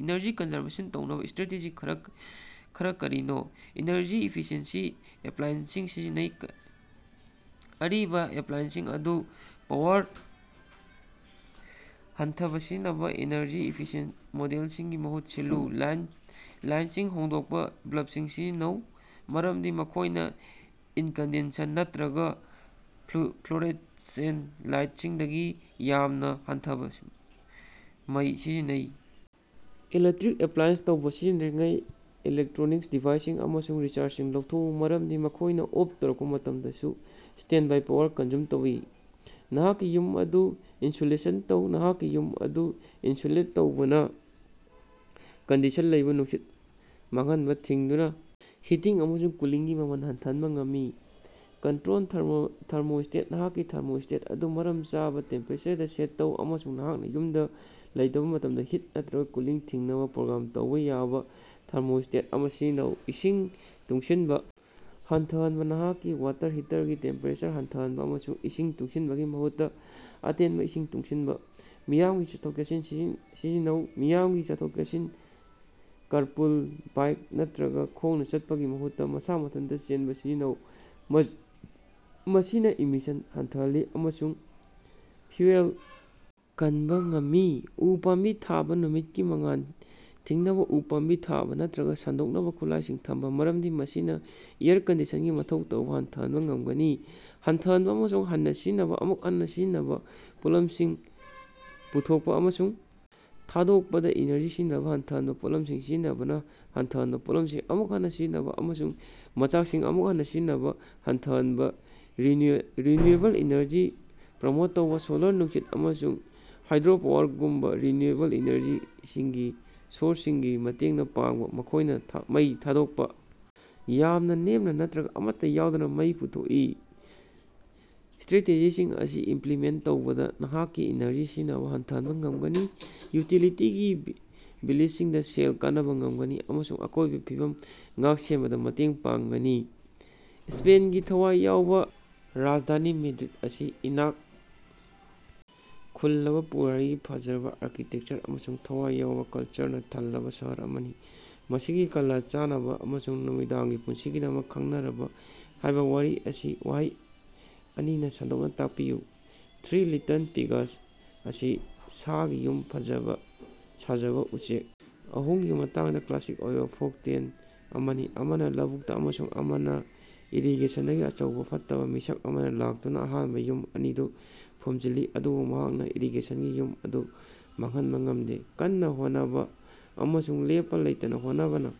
Energy conservation ꯇꯧꯅꯕ strategy ꯈꯔꯥ ꯀꯔꯤꯅꯣ? ꯑꯦꯅꯔꯖꯤ-ꯏꯐꯤꯁꯤꯑꯦꯟꯠ ꯑꯦꯄ꯭ꯂꯥꯏꯑꯦꯟꯁꯁꯤꯡ ꯁꯤꯖꯤꯟꯅꯧ: ꯑꯔꯤꯕꯥ ꯑꯦꯞꯂꯥꯏꯑꯦꯟꯁꯁꯤꯡ ꯑꯗꯨ ꯄꯥꯋꯔ ꯍꯟꯊꯅꯥ ꯁꯤꯖꯤꯟꯅꯕꯥ ꯑꯦꯅꯔꯖꯤ-ꯏꯐꯤꯁꯤꯑꯦꯟꯠ ꯃꯣꯗꯦꯜꯁꯤꯡꯅ ꯃꯍꯨꯠ ꯁꯤꯜꯂꯨ꯫ ꯂꯥꯏꯠꯁꯤꯡ ꯍꯣꯡꯗꯣꯛꯄ: ꯕꯜꯕꯁꯤꯡ ꯁꯤꯖꯤꯟꯅꯧ ꯃꯔꯃꯗꯤ ꯃꯈꯣꯏꯅ ꯏꯟꯀꯦꯟꯗꯦꯁꯟ ꯅꯠꯇꯔꯒ ꯐ꯭ꯂꯨꯑꯣꯔꯁꯦꯟꯇ ꯂꯥꯏꯇꯁꯤꯡꯗꯒꯤ ꯌꯥꯝꯅꯥ ꯍꯟꯊꯅꯥ ꯃꯩ ꯁꯤꯖꯤꯟꯅꯩ꯫ ꯏꯂꯦꯛꯇꯔꯣꯅꯤꯛꯁ ꯑꯅꯄ꯭ꯂꯒ ꯇꯧꯕꯥ: ꯁꯤꯖꯤꯟꯅꯗ꯭ꯔꯤꯉꯩꯗꯥ ꯏꯂꯦꯛꯠꯔꯣꯅꯤꯛ ꯗꯤꯚꯥꯏꯁꯁꯤꯡ ꯑꯃꯁꯨꯡ ꯆꯥꯔꯖꯔꯁꯤꯡ ꯂꯧꯊꯣꯀꯎ, ꯃꯔꯝꯗꯤ ꯃꯈꯣꯏꯅ ꯑꯣꯐ ꯇꯧꯔꯛꯄꯥ ꯃꯇꯃꯗꯁꯨ ꯁ꯭ꯇꯦꯟꯗꯕꯥꯏ ꯄꯥꯋꯔ ꯀꯟꯖꯨꯝ ꯇꯧꯏ꯫ ꯅꯍꯥꯛꯀꯤ ꯌꯨꯝ ꯑꯗꯨ ꯏꯟꯁꯨꯂꯦꯠ ꯇꯧ: ꯅꯍꯥꯛꯀꯤ ꯌꯨꯝ ꯑꯗꯨ ꯏꯅꯁꯨꯂꯦꯠ ꯇꯧꯕꯅꯥ ꯀꯟꯗꯤꯁꯟ ꯂꯩꯕꯥ ꯅꯨꯡꯁꯤꯠ ꯃꯥꯡꯍꯅꯕꯥ ꯊꯤꯡꯗꯨꯅꯥ ꯍꯤꯇꯤꯡ ꯑꯃꯁꯨꯡ ꯀꯨꯂꯤꯡꯒꯤ ꯃꯃꯜ ꯍꯟꯊꯍꯅꯕꯥ ꯉꯝꯃꯤ꯫ ꯀꯟꯇꯔꯣꯜ ꯊꯥꯔꯃꯣꯁ꯭ꯇꯦꯠ: ꯅꯍꯥꯛꯀꯤ ꯊꯥꯔꯃꯣꯁ꯭ꯇꯦꯠ ꯑꯗꯨ ꯃꯔꯝ ꯆꯥꯕꯥ ꯇꯦꯝꯄꯦꯔꯦꯆꯔꯗꯥ ꯁꯦꯠ ꯇꯧ, ꯑꯃꯁꯨꯡ ꯅꯍꯥꯛꯅꯥ ꯌꯨꯝꯗꯥ ꯂꯩꯇꯕꯥ ꯃꯇꯝꯗꯥ ꯍꯤꯠ ꯅꯠꯇꯔꯒꯥ ꯀꯨꯂꯤꯡ ꯊꯤꯡꯅꯕ ꯄ꯭ꯔꯣꯒ꯭ꯔꯥꯝ ꯇꯧꯕꯥ ꯌꯥꯕ ꯊꯥꯔꯃꯣꯁ꯭ꯇꯦꯠ ꯑꯃ ꯁꯤꯖꯤꯟꯅꯧ꯫ ꯏꯁꯤꯡ ꯇꯨꯡꯁꯤꯟꯕ ꯍꯟꯊꯍꯟꯕ: ꯅꯍꯥꯛꯀꯤ ꯋꯥꯇꯔ ꯍꯤꯇꯔꯒꯤ ꯇꯦꯝꯄꯦꯔꯦꯆꯔ ꯍꯟꯊꯍꯟꯕ, ꯑꯃꯁꯨꯡ ꯏꯁꯤꯡ ꯇꯨꯡꯁꯤꯟꯕꯒꯤ ꯃꯍꯨꯠꯇ ꯑꯇꯦꯟꯕ ꯏꯁꯤꯡ ꯇꯨꯡꯁꯤꯟꯕꯥ꯫ ꯃꯤꯌꯥꯝꯒꯤ ꯆꯠꯊꯣꯛ-ꯆꯠꯁꯤꯟ ꯁꯤꯖꯤꯟꯅꯧ: ꯃꯤꯌꯥꯝꯒꯤ ꯆꯠꯊꯣꯛ-ꯆꯠꯁꯤꯟ, ꯀꯥꯔꯄꯨꯜ, ꯕꯥꯏꯛ ꯅꯠꯇꯔꯒ ꯈꯣꯡꯅ ꯆꯠꯄꯒꯤ ꯃꯍꯨꯠꯇ ꯃꯁꯥ ꯃꯊꯟꯇ ꯆꯦꯟꯕꯥ ꯁꯤꯖꯤꯟꯅꯧ꯫ ꯃꯁꯤꯅ ꯏꯃꯤꯁꯟ ꯍꯟꯊꯍꯜꯂꯤ ꯑꯃꯁꯨꯡ ꯐ꯭ꯌꯨꯑꯦꯜ ꯀꯟꯕ ꯉꯝꯃꯤ꯫ ꯎ ꯄꯥꯝꯕꯤ ꯊꯥꯕ: ꯅꯨꯃꯤꯠꯀꯤ ꯃꯉꯥꯜ ꯊꯤꯡꯅꯕ ꯎ ꯄꯥꯝꯕꯤ ꯊꯥꯕ ꯅꯠꯇꯔꯒ ꯁꯦꯡꯗꯣꯛꯅꯕꯥ ꯈꯨꯠꯂꯥꯌꯁꯤꯡ ꯊꯝꯕ, ꯃꯔꯝꯗꯤ ꯃꯁꯤꯅꯥ ꯑꯦꯌꯔ ꯀꯟꯗꯤꯁꯟꯒꯤ ꯃꯊꯧ ꯇꯥꯕ ꯍꯟꯊꯍꯟꯕꯥ ꯉꯝꯒꯅꯤ꯫ ꯍꯟꯊꯍꯟꯕ, ꯑꯃꯨꯛ ꯍꯟꯅꯥ ꯁꯤꯖꯤꯟꯅꯕꯥ, ꯑꯃꯨꯛ ꯍꯟꯅꯥ ꯁꯤꯖꯤꯟꯅꯕꯥ: ꯄꯣꯠꯂꯝꯁꯤꯡ ꯄꯨꯊꯣꯀꯄꯥ ꯑꯃꯁꯨꯡ ꯊꯥꯗꯣꯀꯄꯗꯥ ꯏꯅꯔꯖꯤ ꯁꯤꯖꯤꯟꯅꯕꯥ ꯍꯟꯊꯍꯟꯅꯕꯥ ꯄꯣꯠꯂꯃꯁꯤꯡ ꯁꯤꯖꯤꯟꯅꯕꯥ ꯍꯟꯊꯍꯟꯕꯥ, ꯄꯣꯠꯂꯝꯁꯤꯡ ꯑꯃꯨꯛ ꯍꯟꯅꯥ ꯁꯤꯖꯤꯟꯅꯕꯥ, ꯑꯃꯁꯨꯡ ꯃꯆꯥꯛꯁꯤꯡ ꯑꯃꯨꯛ ꯍꯟꯅꯥ ꯁꯤꯖꯤꯟꯅꯕꯥ ꯍꯟꯊꯍꯅꯕꯥ꯫ ꯔꯤꯅ꯭ꯌꯨꯑꯦꯕꯜ ꯏꯅꯔꯖꯤ ꯄ꯭ꯔꯃꯣꯠ ꯇꯧꯕꯥ: ꯁꯣꯂꯥꯔ, ꯅꯨꯡꯁꯤꯠ, ꯑꯃꯁꯨꯡ ꯍꯥꯏꯗ꯭ꯔꯣꯄꯥꯋꯔꯒꯨꯝꯕꯥ ꯔꯤꯅ꯭ꯌꯨꯑꯦꯕꯜ ꯏꯅꯔꯖꯤꯒꯤ ꯁꯣꯔꯁꯁꯤꯡꯗꯥ ꯃꯇꯦꯡ ꯄꯥꯡꯕꯥ, ꯃꯈꯣꯏꯅꯥ ꯃꯩ ꯊꯥꯗꯣꯛꯄꯥ ꯌꯥꯝꯅꯥ ꯅꯦꯝꯅꯥ ꯅꯠꯇꯔꯒ ꯑꯃꯠꯇ ꯌꯥꯎꯗꯅ ꯃꯩ ꯄꯨꯊꯣꯛꯏ꯫ ꯁ꯭ꯇꯔꯥꯇꯦꯖꯤꯁꯤꯡ ꯑꯁꯤ ꯏꯝꯄꯂꯤꯃꯦꯟꯠ ꯇꯧꯕꯅꯥ ꯅꯍꯥꯛꯀꯤ ꯏꯅꯔꯖꯤ ꯁꯤꯖꯤꯟꯅꯕꯥ ꯍꯟꯊꯍꯅꯕꯥ ꯉꯝꯒꯅꯤ, ꯌꯨꯇꯤꯂꯤꯇꯤ ꯕꯤꯂꯁꯤꯡꯗꯥ ꯁꯦꯜ ꯀꯅꯕꯥ ꯉꯝꯒꯅꯤ ꯑꯃꯁꯨꯡ ꯑꯀꯣꯏꯕꯒꯤ ꯐꯤꯕꯝ ꯉꯥꯛ-ꯁꯦꯅꯕꯗꯥ ꯃꯇꯦꯡ ꯄꯥꯡꯒꯅꯤ꯫ ꯁ꯭ꯄꯦꯟꯒꯤꯊꯋꯥꯏ ꯌꯥꯎꯕꯥ ꯔꯥꯖꯙꯥꯅꯤ ꯃꯦꯗ꯭ꯔꯤꯗ ꯑꯁꯤ ꯏꯅꯥꯛ ꯈꯨꯜꯂꯕ ꯄꯨꯋꯥꯔꯤ, ꯐꯖꯔꯕꯥ ꯑꯥꯔꯀꯤꯇꯦꯛꯆꯔ ꯑꯃꯁꯨꯡ ꯊꯋꯥꯏ ꯌꯥꯎꯕꯥ ꯀꯜꯆꯔꯅꯥ ꯊꯜꯂꯕꯥ ꯁꯍꯔ ꯑꯃꯅꯤ꯫ ꯃꯁꯤꯒꯤ ꯀꯂꯥ, ꯆꯥꯅꯕ, ꯑꯃꯁꯨꯡ ꯅꯨꯃꯤꯗꯥꯡꯒꯤ ꯄꯨꯟꯁꯤꯒꯤꯗꯃꯛ ꯈꯪꯅꯔꯕꯥ꯫ ꯍꯥꯏꯕꯥ ꯋꯥꯔꯤ ꯑꯁꯤ ꯋꯥꯍꯩ ꯑꯅꯤꯗ ꯁꯟꯗꯣꯛꯅ ꯇꯥꯛꯄꯤꯌꯨ꯫ ꯊ꯭ꯔꯤ ꯂꯤꯇꯜ ꯄꯤꯒꯁ ꯑꯁꯤ ꯁꯥꯒꯤ ꯌꯨꯝ ꯁꯥꯖꯕ ꯎꯆꯦꯛ ꯑꯍꯨꯝꯒꯤ ꯃꯇꯥꯡꯗꯥ ꯀ꯭ꯂꯥꯁꯤꯛ ꯑꯣꯏꯕ ꯐꯣꯜꯛꯇꯦꯜ ꯑꯃꯅꯤ, ꯑꯃꯅ ꯂꯧꯕꯨꯛꯇ, ꯑꯃꯁꯨꯡ ꯑꯃꯅꯥ ꯏꯔꯤꯒꯦꯁꯟꯗꯒꯤ꯫ ꯑꯆꯧꯕꯥ ꯐꯠꯇꯕ ꯃꯤꯁꯛ ꯑꯃꯅ ꯂꯥꯛꯇꯨꯅꯥ ꯑꯍꯥꯟꯕꯥ ꯌꯨꯝ ꯑꯅꯤꯗꯨ ꯐꯨꯝꯖꯤꯜꯂꯤ, ꯑꯗꯨꯕꯨ ꯃꯍꯥꯛꯅ ꯏꯔꯤꯒꯦꯁꯟꯒꯤ ꯌꯨꯝ ꯑꯗꯨ ꯃꯥꯡꯍꯟꯕꯥ ꯉꯝꯗꯦ, ꯀꯟꯅ ꯍꯣꯠꯅꯕ ꯑꯃꯁꯨꯡ ꯂꯦꯞꯄꯥ ꯂꯩꯇꯅꯥ ꯍꯣꯠꯅꯕꯅꯥ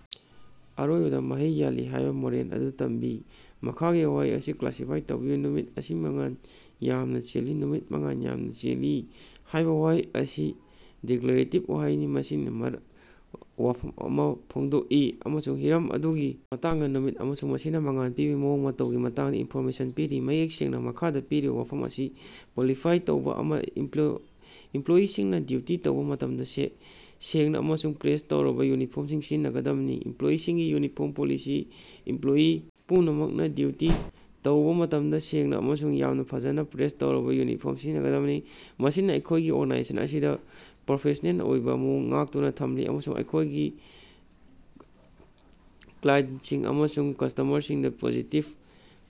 ꯑꯔꯣꯏꯕꯗꯥ ꯃꯍꯩ ꯌꯥꯜꯂꯤ ꯍꯥꯏꯕꯥ ꯃꯣꯔꯦꯜ ꯑꯗꯨ ꯇꯝꯕꯤ꯫ ꯃꯈꯥꯒꯤ ꯋꯥꯍꯩ ꯑꯁꯤ ꯀ꯭ꯂꯥꯁꯤꯐꯥꯏ ꯇꯧꯕꯤꯌꯨ: "ꯅꯨꯃꯤꯠ ꯑꯁꯤ ꯃꯉꯥꯜ ꯌꯥꯝꯅꯥ ꯆꯦꯜꯂꯤ꯫" "ꯅꯨꯃꯤꯠ ꯃꯉꯥꯜ ꯌꯥꯝꯅꯥ ꯆꯦꯜꯂꯤ" ꯍꯥꯏꯕ ꯋꯥꯍꯩ ꯑꯁꯤ ꯗꯤꯀꯂꯥꯔꯦꯇꯤꯕ ꯋꯥꯍꯩꯅꯤ꯫ ꯃꯁꯤꯅ ꯋꯥꯐꯝ ꯑꯃ ꯐꯣꯡꯗꯣꯛꯏ ꯑꯃꯁꯨꯡ ꯍꯤꯔꯝ ꯑꯗꯨꯒꯤ ꯃꯇꯥꯡꯗꯥ, ꯅꯨꯃꯤꯠ, ꯑꯃꯁꯨꯡ ꯃꯁꯤꯅꯥ ꯃꯉꯥꯜ ꯄꯤꯕꯒꯤ ꯃꯑꯣꯡ ꯃꯇꯧꯒꯤ ꯃꯇꯥꯡꯗꯥ ꯏꯅꯐꯣꯔꯃꯦꯁꯟ ꯄꯤꯔꯤ, ꯃꯌꯦꯛ ꯁꯦꯡꯅꯥ꯫ ꯃꯈꯥꯗꯥ ꯄꯤꯔꯤꯕꯥ ꯋꯥꯐꯝ ꯑꯁꯤ ꯄꯣꯂꯤꯁꯤ-ꯐꯥꯏ ꯇꯧꯕꯥ꯫ ꯏꯝꯄ꯭ꯂꯣꯌꯤꯁꯤꯡꯅ ꯗ꯭ꯌꯨꯇꯤ ꯇꯧꯕ ꯃꯇꯝꯗꯥ ꯁꯦꯡꯅꯥ ꯑꯃꯁꯨꯡ ꯄ꯭ꯔꯦꯁ ꯇꯧꯔꯕꯥ ꯌꯨꯅꯤꯐꯣ꯭ꯔꯝꯁꯤꯡ ꯁꯤꯖꯤꯟꯉꯗꯕꯅꯤ꯫ ꯏꯃꯞꯂꯣꯌꯤ ꯌꯨꯅꯤꯐꯣ꯭ꯔꯝ ꯄꯣꯂꯤꯁꯤ: ꯏꯝꯄ꯭ꯂꯣꯌꯤ ꯄꯨꯝꯅꯃꯛꯅꯥ ꯗ꯭ꯌꯨꯇꯤ ꯇꯧꯕꯥ ꯃꯇꯝꯗꯥ ꯁꯦꯡꯅꯥ ꯑꯃꯁꯨꯡ ꯌꯥꯝꯅꯥ ꯐꯖꯅꯥ ꯄ꯭ꯔꯦꯁ ꯇꯧꯔꯕꯥ ꯌꯨꯅꯤꯐꯣ꯭ꯔꯝ ꯁꯤꯖꯤꯟꯉꯗꯕꯅꯤ꯫ ꯃꯁꯤꯅꯥ ꯑꯩꯈꯣꯌꯒꯤ ꯑꯣꯔꯒꯅꯥꯏꯖꯦꯁꯟ ꯑꯁꯤꯅꯥ ꯄ꯭ꯔꯣꯐꯦꯁ꯭ꯅꯦꯜ ꯑꯣꯏꯕꯥ ꯃꯑꯣꯡ ꯑꯃ ꯉꯥꯛꯇꯨꯅ ꯊꯝꯂꯤ ꯑꯃꯁꯨꯡ ꯑꯩꯈꯣꯏꯒꯤ ꯀ꯭ꯂꯥꯏꯟꯠꯁꯤꯡ ꯑꯃꯁꯨꯡ ꯀꯁ꯭ꯇꯃꯔꯁꯤꯡꯗꯥ ꯄꯣꯖꯤꯇꯤꯕ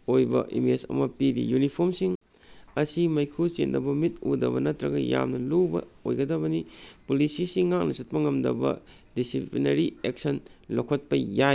ꯑꯣꯏꯕꯥ ꯏꯃꯦꯖ ꯑꯃ ꯄꯤꯔꯤ꯫ ꯌꯨꯅꯤꯐ꯭ꯣꯔꯝꯁꯤꯡ ꯑꯁꯤ ꯃꯩꯈꯨ ꯆꯦꯟꯗꯕ, ꯃꯤꯠ ꯎꯗꯕ ꯅꯠꯇꯔꯒ ꯌꯥꯝꯅ ꯂꯨꯕꯥ ꯑꯣꯏꯒꯗꯕꯅꯤ꯫ ꯄꯣꯂꯤꯁꯤ ꯑꯁꯤ ꯉꯥꯛꯅ ꯆꯠꯄ ꯉꯝꯗꯕꯅ ꯗꯤꯁꯤꯞꯂꯤꯅꯔꯤ ꯑꯦꯛꯁꯟ ꯂꯧꯈꯠꯄꯥ ꯌꯥꯏ꯫